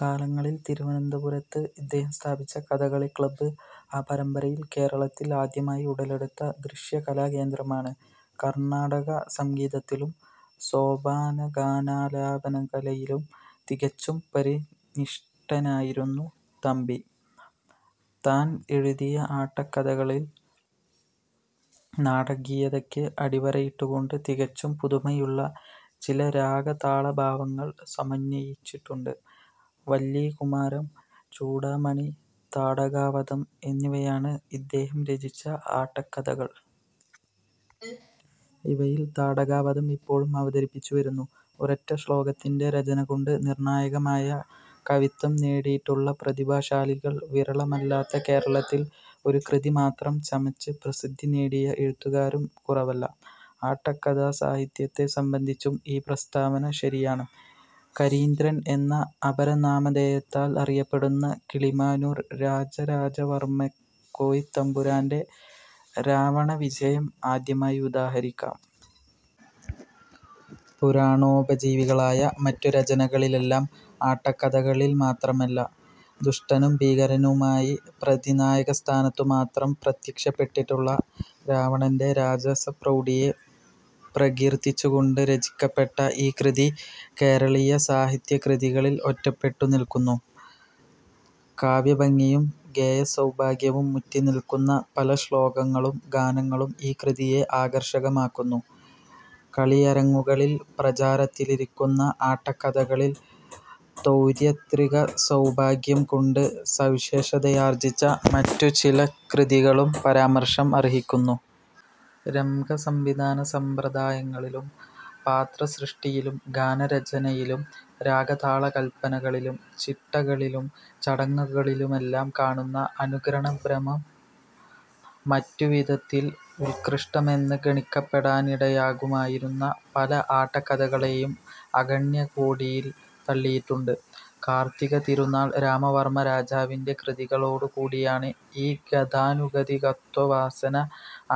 കാലങ്ങളിൽ തിരുവനന്തപുരത്ത് ഇദ്ദേഹം സ്ഥാപിച്ച കഥകളി ക്ലബ് ആ പരമ്പരയിൽ കേരളത്തിൽ ആദ്യമായി ഉടലെടുത്ത ദൃശ്യകലാകേന്ദ്രമാണ്. കർണാടക സംഗീതത്തിലും സോപാനഗാനാലാപനകലയിലും തികച്ചും പരിനിഷ്ഠനായിരുന്ന തമ്പി താൻ എഴുതിയ ആട്ടക്കഥകളിൽ നാടകീയതയ്ക്ക് അടിവരയിട്ടുകൊണ്ട് തികച്ചും പുതുമയുള്ള ചില രാഗതാളഭാവങ്ങൾ സമന്വയിച്ചിട്ടുണ്ട്. വല്ലീകുമാരം, ചൂഡാമണി, താടകാവധം എന്നിവയാണ് ഇദ്ദേഹം രചിച്ച ആട്ടക്കഥകൾ. ഇവയിൽ താടകാവധം ഇപ്പോഴും അവതരിപ്പിച്ചുവരുന്നു. ഒരൊറ്റ ശ്ലോകത്തിന്റെ രചനകൊണ്ട് നിർണായകമായ കവിത്വം നേടിയിട്ടുള്ള പ്രതിഭാശാലികൾ വിരളമല്ലാത്ത കേരളത്തിൽ ഒരു കൃതിമാത്രം ചമച്ച് പ്രസിദ്ധി നേടിയ എഴുത്തുകാരും കുറവല്ല. ആട്ടക്കഥാസാഹിത്യത്തെ സംബന്ധിച്ചും ഈ പ്രസ്താവന ശരിയാണ്. 'കരീന്ദ്രൻ' എന്ന അപരനാമധേയത്താൽ അറിയപ്പെടുന്ന കിളിമാനൂർ രാജരാജവർമകോയിത്തമ്പുരാന്റെ രാവണവിജയം ആദ്യമായി ഉദാഹരിക്കാം. പുരാണോപജീവികളായ മറ്റു രചനകളിലെല്ലാം-ആട്ടക്കഥകളിൽ മാത്രമല്ല-ദുഷ്ടനും ഭീകരനുമായി പ്രതിനായകസ്ഥാനത്തുമാത്രം പ്രത്യക്ഷപ്പെട്ടിട്ടുള്ള രാവണന്റെ രാജസപ്രൗഢിയെ പ്രകീർത്തിച്ചുകൊണ്ട് രചിക്കപ്പെട്ട ഈ കൃതി കേരളീയ സാഹിത്യകൃതികളിൽ ഒറ്റപ്പെട്ടു നില്ക്കുന്നു. കാവ്യഭംഗിയും ഗേയസൗഭാഗ്യവും മുറ്റിനില്ക്കുന്ന പല ശ്ലോകങ്ങളും ഗാനങ്ങളും ഈ കൃതിയെ ആകർഷകമാക്കുന്നു. കളിയരങ്ങുകളിൽ പ്രചാരത്തിലിരിക്കുന്ന ആട്ടക്കഥകളിൽ തൗര്യത്രികസൗഭാഗ്യംകൊണ്ട് സവിശേഷതയാർജിച്ച മറ്റു ചില കൃതികളും പരാമർശം അർഹിക്കുന്നു. രംഗസംവിധാനസമ്പ്രദായങ്ങളിലും പാത്രസൃഷ്ടിയിലും ഗാനരചനയിലും രാഗതാളകല്പനകളിലും ചിട്ടകളിലും ചടങ്ങുകളിലുമെല്ലാം കാണുന്ന അനുകരണഭ്രമം മറ്റുവിധത്തിൽ ഉത്കൃഷ്ടമെന്ന് ഗണിക്കപ്പെടാനിടയാകുമായിരുന്ന പല ആട്ടക്കഥകളെയും അഗണ്യകോടിയിൽ തള്ളിയിട്ടുണ്ട്. കാർത്തികതിരുനാൾ രാമവർമ രാജാവിന്റെ കൃതികളോടുകൂടിയാണ് ഈ ഗതാനുഗതികത്വവാസന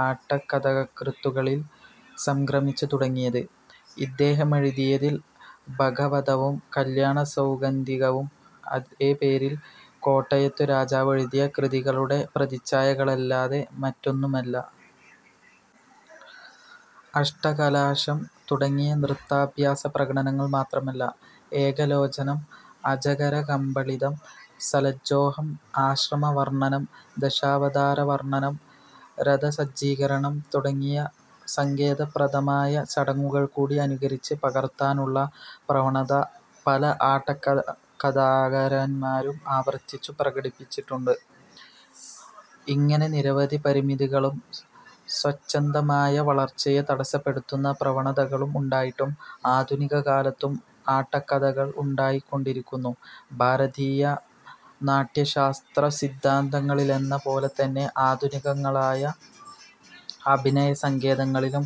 ആട്ടക്കഥാകൃത്തുകളിൽ സംക്രമിച്ചു തുടങ്ങിയത്. ഇദ്ദേഹമെഴുതിയതിൽ ബകവധവും കല്യാണസൗഗന്ധികവും അതേപേരിൽ കോട്ടയത്തു രാജാവെഴുതിയ കൃതികളുടെ പ്രതിച്ഛായകളല്ലാതെ മറ്റൊന്നുമല്ല. അഷ്ടകലാശം തുടങ്ങിയ നൃത്താഭ്യാസപ്രകടനങ്ങൾ മാത്രമല്ല, 'ഏകലോചനം', 'അജഗരകബളിതം', 'സലജ്ജോഹം', ആശ്രമവർണനം, ദശാവതാരവർണനം, രഥസജ്ജീകരണം തുടങ്ങിയ സങ്കേതപ്രധാനമായ ചടങ്ങുകൾകൂടി അനുകരിച്ച് പകർത്താനുള്ള പ്രവണത പല ആട്ടക്കഥാകാരൻമാരും ആവർത്തിച്ചു പ്രകടിപ്പിച്ചിട്ടുണ്ട്. ഇങ്ങനെ നിരവധി പരിമിതികളും സ്വച്ഛന്ദമായ വളർച്ചയെ തടസ്സപ്പെടുത്തുന്ന പ്രവണതകളും ഉണ്ടായിട്ടും, ആധുനികകാലത്തും ആട്ടക്കഥകൾ ഉണ്ടായിക്കൊണ്ടിരിക്കുന്നു. ഭാരതീയ നാട്യശാസ്ത്രസിദ്ധാന്തങ്ങളിലെന്നപോലെതന്നെ ആധുനികങ്ങളായ അഭിനയസങ്കേതങ്ങളിലും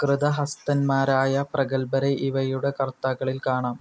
കൃതഹസ്തൻമാരായ പ്രഗല്ഭരെ ഇവയുടെ കർത്താക്കളിൽ കാണാം.